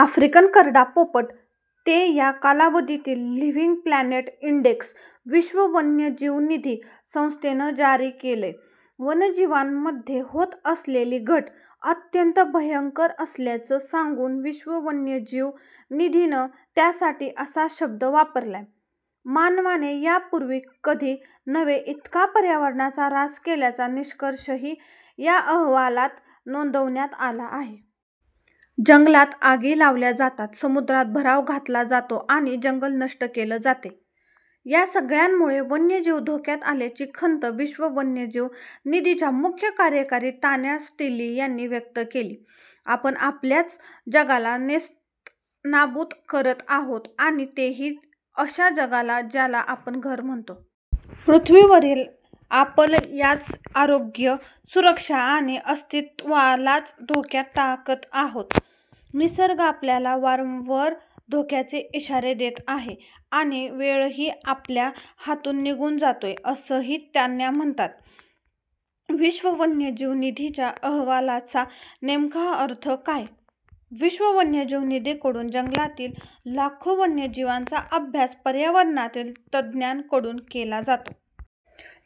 African करडा पोपट ते या कालावधीतील 'लिव्हिंग प्लॅनेट इंडेक्स' विश्व वन्यजीव निधी संस्थेनं जारी केलंय. वन्यजीवांमध्ये होत असलेली घट अत्यंत भयंकर असल्याचं सांगून विश्व वन्यजीव निधीनं त्यासाठी असा शब्द वापरलाय. मानवाने यापूर्वी कधी नव्हे इतका पर्यावरणाचा ऱ्हास केल्याचा निष्कर्षही या अहवालात नोंदवण्यात आला आहे. जंगलात आगी लावल्या जातात समुद्रात भराव घातला जातो आणि जंगल नष्ट केलं जातंय, या सगळ्यामुळे वन्यजीव धोक्यात आल्याची खंत विश्व वन्यजीव निधीच्या मुख्य कार्यकारी तान्या स्टिली यांनी व्यक्त केली. आपण आपल्याच जगाला नेस्तनाबूत करत आहोत आणि तेही अशा जगाला ज्याला आपण घर म्हणतो. पृथ्वीवरील आपलयाच आरोग्य सुरक्षा आणि अस्तित्त्वालाच धोक्यात टाकत आहोत. निसर्ग आपल्याला वारंवर धोक्याचे इशारे देत आहे आणि वेळही आपल्या हातून निघून जातोय असंही तान्या म्हणतात. विश्व वन्यजीव निधीच्या अहवालाचा नेमका अर्थ काय? विश्व वन्यजीव निधीकडून जंगलातील लाखो वन्यजीवांचा अभ्यास पर्यावरणातील तज्ज्ञांकडून केला जातो.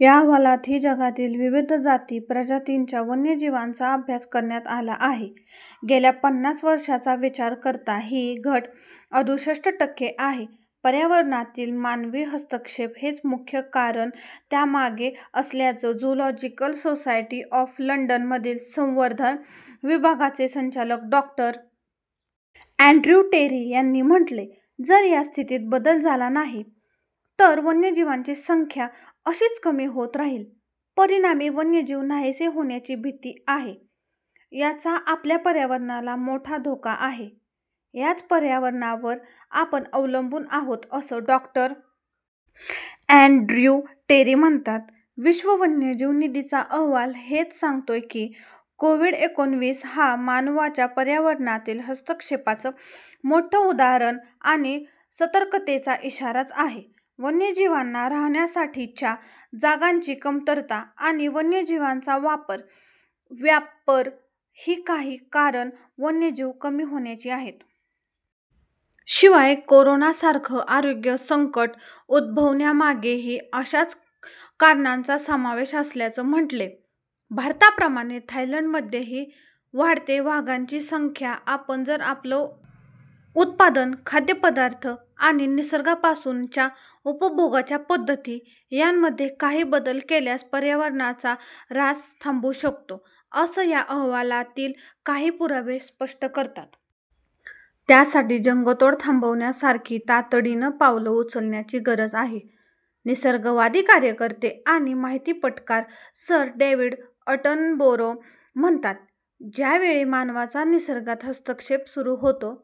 या अहवालातही जगातील विविध जाती-प्रजातींच्या वन्यजीवांचा अभ्यास करण्यात आला आहे. गेल्या पन्नास वर्षांचा विचार करता ही घट अडुसष्ट टक्के आहे. पर्यावरणातील मानवी हस्तक्षेप हेच मुख्य कारण त्यामागे असल्याचं झूलॉजिकल सोसायटी ऑफ लंडन मधील संवर्धन विभागाचे संचालक डॉ. अँड्र्यू टेरी यांनी म्हटलंय. जर या स्थितीत बदल झाला नाही, तर वन्यजीवांची संख्या अशीच कमी होत राहील, परिणामी वन्यजीव नाहीसे होण्याची भीती आहे, याचा आपल्या पर्यावरणाला मोठा धोका आहे. याच पर्यावरणावर आपण अवलंबून आहोत असं डॉ. अँड्र्यू टेरी म्हणतात. विश्व वन्यजीव निधीचा अहवाल हेच सांगतोय की, कोव्हिड-एकोणविस हा मानवाच्या पर्यावरणातील हस्तक्षेपाचं मोठं उदाहरण आणि सतर्कतेचा इशाराच आहे. वन्यजीवांना राहण्यासाठीच्या जागांची कमतरता आणि वन्यजीवांचा वापर, व्यापर ही काही कारणं वन्यजीव कमी होण्याची आहेत. शिवाय, कोरोनासारखं आरोग्य संकट उद्भवण्यामागेही अशाच कारणांचा समावेश असल्याचं म्हटलंय. भारताप्रमाणे थायलंडमध्येही वाढतेय वाघांची संख्या आपण जर आपलं उत्पादन, खाद्यपदार्थ आणि निसर्गापासूनच्या उपभोगाच्या पद्धती यांमध्ये काही बदल केल्यास पर्यावरणाचा ऱ्हास थांबवू शकतो, असं या अहवालातील काही पुरावे स्पष्ट करतात. त्यासाठी जंगतोड थांबवण्यासारखी तातडीनं पावलं उचलण्याची गरज आहे. निसर्गवादी कार्यकर्ते आणि माहितीपटकार सर डेव्हिड अॅटनबरो म्हणतात, ज्यावेळी मानवाचा निसर्गात हस्तक्षेप सुरू होतो,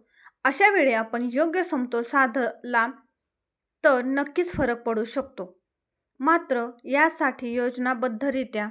अशावेळी आपण योग्य समतोल साधला, तर नक्कीच फरक पडू शकतो. मात्र, यासाठी योजनाबद्धरित्या